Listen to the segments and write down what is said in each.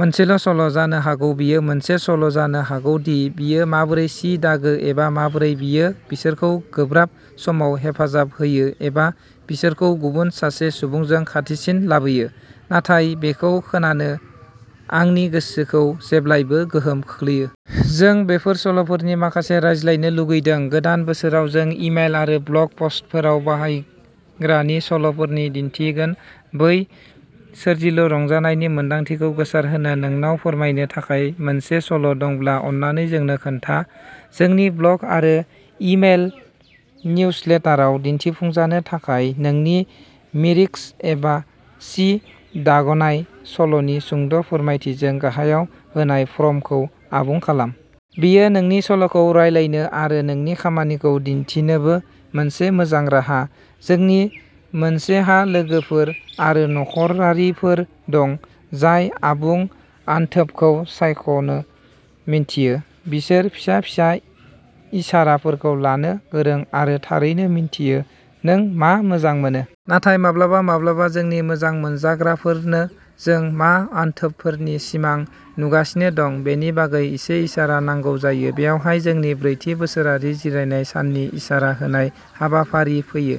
मोनसे सल'। जानो हागौ बेयि मोनसे सल'जानो हागौ दि बियो माबोरै सि दागो एबा माबोरै बियो बिसोरखौ गोब्राब समाव हेफाजाब होयो एबा बिसोरखौ गुबुन सासे सुबुंजों खाथिसिन लाबोयो; नाथाय बेखौ खोनानो आंनि गोसोखौ जेब्लाबो गोहोम खोख्लैयो। जों बेफोर सल'फोरनि माखासेखौ रानलायनो लुगैदों। गोदान बोसोराव जों इमेल आरो ब्लग पस्टफोराव बायग्रानि सल'फोरनि दिन्थिगोन, बै सोरजिलु रंजानायनि मोनदांथिखौ गोसारहोनो। नोंनाव फोरमायनो थाखाय मोनसे सल' दंब्ला अन्नानै जोंनो खोन्था जोंनि ब्लग आरो इमेल निउजलेटारआव दिन्थिफुंजानो थाखाय नोंनि मिर्रिक्स एबा सि दाग'नाय सल'नि सुंद' फोरमायथिजों गाहायाव होनाय फर्मखौ आबुं खालाम। बियो नोंनि सल'खौ रानलायनो आरो नोंनि खामानिखौ दिन्थिनोबो मोनसे मोजां राहा! जोंनि मोनसेहा लोगोफोर आरो नखरारिफोर दं जाय आबुं आनथोबखौ सायख'नो मिन्थियो। बिसोर फिसा-फिसा इसाराफोरखौ लानो गोरों आरो थारै मिथियो। नों मा मोजां मोनो। नाथाय माब्लाबा माब्लाबा जोंनि मोजां मोनजाग्राफोरनो जों मा अनथोबफोरनि सिमां नुगासिनो दं बेनि बागै एसे इसारा नांगौ जायो। बेवहाय जोंनि ब्रैथि बोसोरारि जिरायनाय साननि इसारा होनाय हाबाफारि फैयो।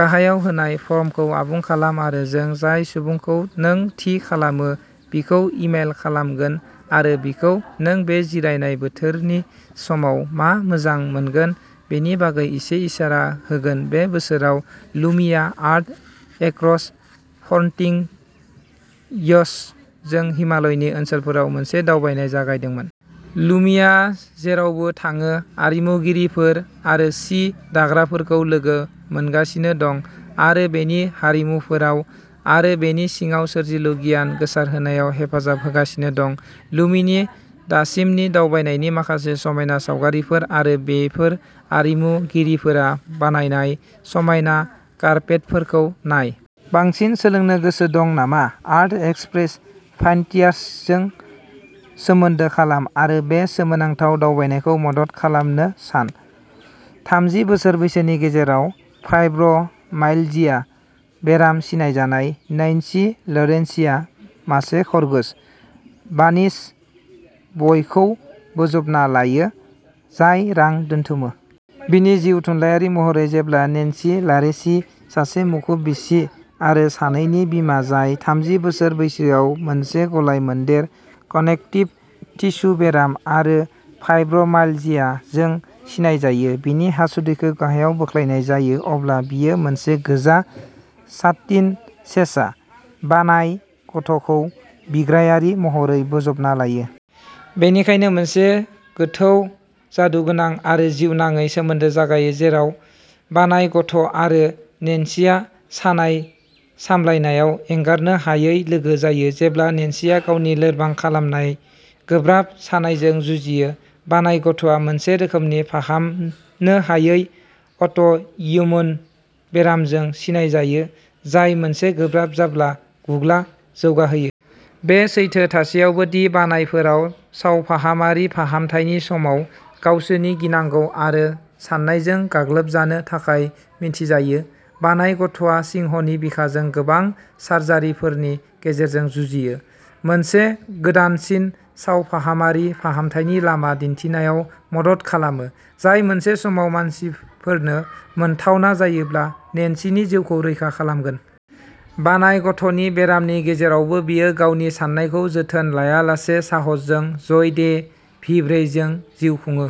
गाहायाव होनाय फर्मखौ आबुं खालाम आरो जों जाय सुबुंखौ नों थि खालामो बिखौ इमेल खालामगोन आरो बिखौ नों बे जिरायनाय बोथोरनि समाव मा मोजां मोनगोन बेनि बागै एसे इसारा होगोन बे बोसोराव, "लुमी" आ आर्ट एक्रस फ्रन्टिंयर्सजों हिमालयनि ओनसोलफोराव मोनसे दावबायनाय जागायदोंमोन। लुमीआ जेरावबो थाङो आरिमुगिरिफोर आरो सि दाग्राफोरखौ लोगो मोनगासिनो दं आरो बेनि हारिमुफोराव आरो बेनि सिङाव सोरजिलु गियान गोसारहोनायाव हेफाजाब होगासिनो दं। लुमीनि दासिमनि दावबायनायनि माखासे समायना सावगारिफोर आरो बेफोर आरिमुगिरिफोरा बानायनाय समायना कार्पेटफोरखौ नाय। बांसिन सोलोंनो गोसो दं नामा? आर्ट एक्सप्रेस फ्रान्टियार्सजों सोमोन्दो खालाम आरो बे सोमोनांथाव दावबायनायखौ मदद खालामनो सान। थामजि बोसोर बैसोनि गेजेराव फाइब्र'माइल्जिया बेराम सिनायजानाय, नैन्सी लारेसीआ मासे खरगोश, बानिस बयखौ बोजबना लायो, जाय रां दोनथुमो। बिनि जिउ-थुनलायारि महरै जेब्ला नेन्सी लारेसी, सासे मुखुब बिसि आरो सानैनि बिमा, जाय थामजि बोसोर बैसोआव मोनसे गलाय-मोनदेर कानेक्टिभ टिस्यु बेराम आरो फाइब्र'माइल्जियाजों सिनायजायो, बिनि हासुदैखौ गाहायाव बोख्लायनाय जायो, अब्ला बियो मोनसे गोजा साटिन सेसा, बानाइ गथ'खौ बिग्रायारि महरै बोजबना लायो। बेनिखायनो मोनसे गोथौ जादुगोनां आरो जिउनाङै सोमोन्दो जागायो, जेराव बानाइ गथ' आरो नेन्सीआ सानाय सामलायनायाव एंगारनो हायै लोगो जायो। जेब्ला नेन्सीया गावनि लोरबां खालामनाय गोब्राब सानायजों जुजियो, बानाइ गथ'आ मोनसे रोखोमनि फाहामनो हायै अट'इम्युन बेरामजों सिनायजायो, जाय मोनसे गोब्राब जाब्ला गुग्ला जौगाहोयो। बे सैथो थासेयावबो दि बानाइफोराव सावफाहामारि फाहामथायनि समाव गावसोरनि गिनांगौ आरो साननायजों गाग्लोबजानो थाखाय मिथिजायो, बानाइ गथ'आ सिंहनि बिखाजों गोबां सार्जारिफोरनि गेजेरजों जुजियो, मोनसे गोदानसिन सावफाहामारि फाहामथायनि लामा दिन्थिनायाव मदद खालामो, जाय मोनसे समाव मानसिफोरनो मोनथावना जायोब्ला, नेन्सीनि जिउखौ रैखा खालामगोन। बानाइ गथ'नि बेरामनि गेजेरावबो बियो गावनि सानायखौ जोथोन लायालासे साहसजों जय डे भिभ्रेजों जिउ खुङो।